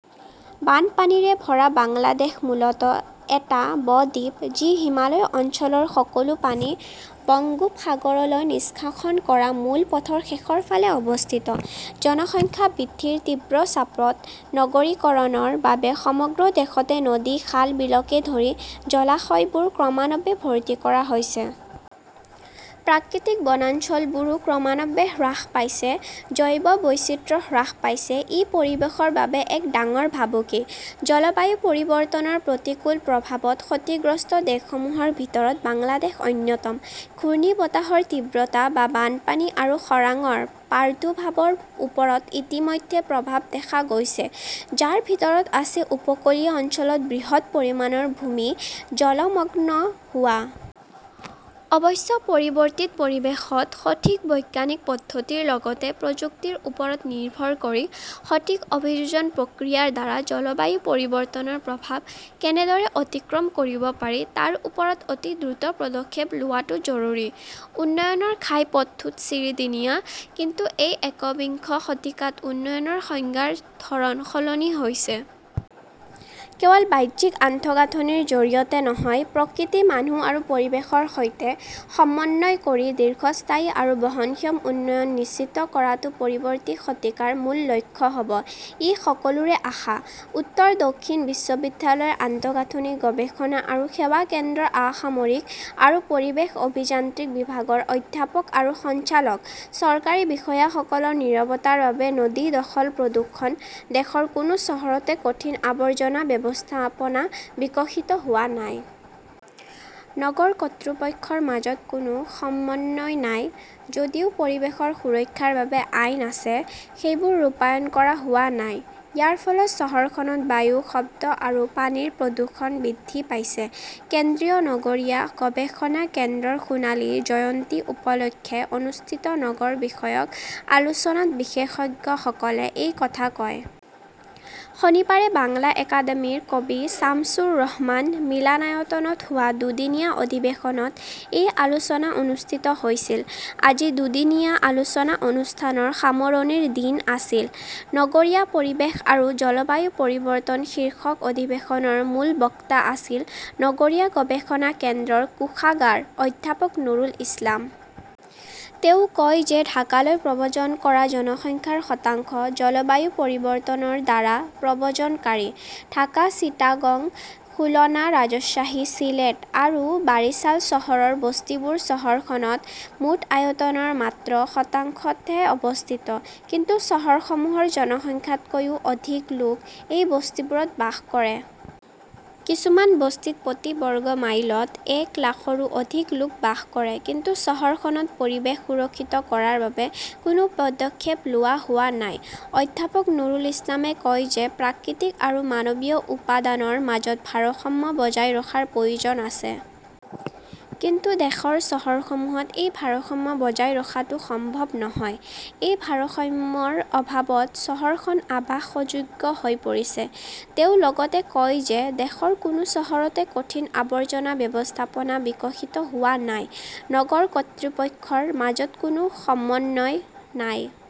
বানপানীৰে ভৰা বাংলাদেশ মূলতঃ এটা ব-দ্বীপ, যি হিমালয় অঞ্চলৰ সকলো পানী বংগোপসাগৰলৈ নিষ্কাশন কৰা মূল পথৰ শেষৰ ফালে অৱস্থিত। জনসংখ্যা বৃদ্ধিৰ তীব্ৰ চাপত নগৰীকৰণৰ বাবে সমগ্ৰ দেশতে নদী-খাল-বিলকে ধৰি জলাশয়বোৰ ক্ৰমান্বয়ে ভৰ্তি কৰা হৈছে। প্ৰাকৃতিক বনাঞ্চলবোৰো ক্ৰমান্বয়ে হ্ৰাস পাইছে, জৈৱ বৈচিত্ৰ্য হ্ৰাস পাইছে। ই পৰিৱেশৰ বাবে এক ডাঙৰ ভাবুকি। জলবায়ু পৰিৱৰ্তনৰ প্ৰতিকূল প্ৰভাৱত ক্ষতিগ্ৰস্ত দেশসমূহৰ ভিতৰত বাংলাদেশ অন্যতম। ঘূৰ্ণীবতাহৰ তীব্ৰতা বা বানপানী আৰু খৰাঙৰ প্ৰাদুৰ্ভাৱৰ ওপৰত ইতিমধ্যে প্ৰভাৱ দেখা গৈছে, যাৰ ভিতৰত আছে উপকূলীয় অঞ্চলত বৃহৎ পৰিমাণৰ ভূমি জলমগ্ন হোৱা। অৱশ্যে, পৰিৱৰ্তিত পৰিৱেশত, সঠিক বৈজ্ঞানিক পদ্ধতিৰ লগতে প্ৰযুক্তিৰ ওপৰত নিৰ্ভৰ কৰি সঠিক অভিযোজন প্ৰক্ৰিয়াৰ দ্বাৰা জলবায়ু পৰিৱৰ্তনৰ প্ৰভাৱ কেনেদৰে অতিক্ৰম কৰিব পাৰি তাৰ ওপৰত অতি দ্ৰুত পদক্ষেপ লোৱাটো জৰুৰী। "উন্নয়নৰ ঘাইপথটোত চিৰিদিনীয়া", কিন্তু এই একবিংশ শতিকাত উন্নয়নৰ সংজ্ঞাৰ ধৰণ সলনি হৈছে। কেৱল বাহ্যিক আন্তঃগাঁথনিৰ জৰিয়তে নহয়, প্ৰকৃতি, মানুহ আৰু পৰিৱেশৰ সৈতে সমন্বয় কৰি দীৰ্ঘস্থায়ী আৰু বহনক্ষম উন্নয়ন নিশ্চিত কৰাটো পৰৱৰ্তী শতিকাৰ মূল লক্ষ্য হ'ব-ই সকলোৰে আশা। উত্তৰ দক্ষিণ বিশ্ববিদ্যালয়ৰ আন্তঃগাঁথনি গৱেষণা আৰু সেৱা কেন্দ্ৰৰ অসামৰিক আৰু পৰিৱেশ অভিযান্ত্ৰিক বিভাগৰ অধ্যাপক আৰু সঞ্চালক, চৰকাৰী বিষয়াসকলৰ নীৰৱতাৰ বাবে নদী দখল-প্ৰদূষণ দেশৰ কোনো চহৰতে কঠিন আৱৰ্জনা ব্যৱস্থাপনা বিকশিত হোৱা নাই। নগৰ কৰ্তৃপক্ষৰ মাজত কোনো সমন্বয় নাই। যদিও পৰিৱেশ সুৰক্ষাৰ বাবে আইন আছে, সেইবোৰ ৰূপায়ণ কৰা হোৱা নাই। ইয়াৰ ফলত চহৰখনত বায়ু, শব্দ আৰু পানীৰ প্ৰদূষণ বৃদ্ধি পাইছে। কেন্দ্ৰীয় নগৰীয়া গৱেষণা কেন্দ্ৰৰ সোণালী জয়ন্তী উপলক্ষে অনুষ্ঠিত নগৰ বিষয়ক আলোচনাত বিশেষজ্ঞসকলে এই কথা কয়। শনিবাৰে বাংলা একাডেমীৰ কবি ছামছুৰ ৰহমান মিলনায়তনত হোৱা দুদিনীয়া অধিৱেশনত এই আলোচনা অনুষ্ঠিত হৈছিল। আজি দুদিনীয়া আলোচনা অনুষ্ঠানৰ সামৰণিৰ দিন আছিল। "নগৰীয়া পৰিৱেশ আৰু জলবায়ু পৰিৱৰ্তন" শীৰ্ষক অধিৱেশনৰ মূল বক্তা আছিল নগৰীয়া গৱেষণা কেন্দ্ৰৰ কোষাগাৰ অধ্যাপক নুৰুল ইছলাম। তেওঁ কয় যে ঢাকালৈ প্ৰব্ৰজন কৰা জনসংখ্যাৰ শতাংশ জলবায়ু পৰিৱৰ্তনৰ দ্বাৰা প্ৰব্ৰজনকাৰী। ঢাকা, চিটাগং, খুলনা, ৰাজশ্বাহী, চিলেট আৰু বাৰিছাল চহৰৰ বস্তিবোৰ চহৰখনৰ মুঠ আয়তনৰ মাত্ৰ শতাংশতে অৱস্থিত। কিন্তু চহৰসমূহৰ জনসংখ্যাতকৈও অধিক লোক এই বস্তিবোৰত বাস কৰে। কিছুমান বস্তিত প্ৰতি বৰ্গ মাইলত এক লাখৰো অধিক লোক বাস কৰে। কিন্তু চহৰখনত পৰিৱেশ সুৰক্ষিত কৰাৰ বাবে কোনো পদক্ষেপ লোৱা হোৱা নাই। অধ্যাপক নুৰুল ইছলামে কয় যে প্ৰাকৃতিক আৰু মানৱীয় উপাদানৰ মাজত ভাৰসাম্য বজাই ৰখাৰ প্ৰয়োজন আছে। কিন্তু দেশৰ চহৰসমূহত এই ভাৰসাম্য বজাই ৰখাটো সম্ভৱ নহয়। এই ভাৰসাম্যৰ অভাৱত চহৰখন আৱাস অযোগ্য হৈ পৰিছে। তেওঁ লগতে কয় যে দেশৰ কোনো চহৰতে কঠিন আৱৰ্জনা ব্যৱস্থাপনা বিকশিত হোৱা নাই। নগৰ কৰ্তৃপক্ষৰ মাজত কোনো সমন্বয় নাই।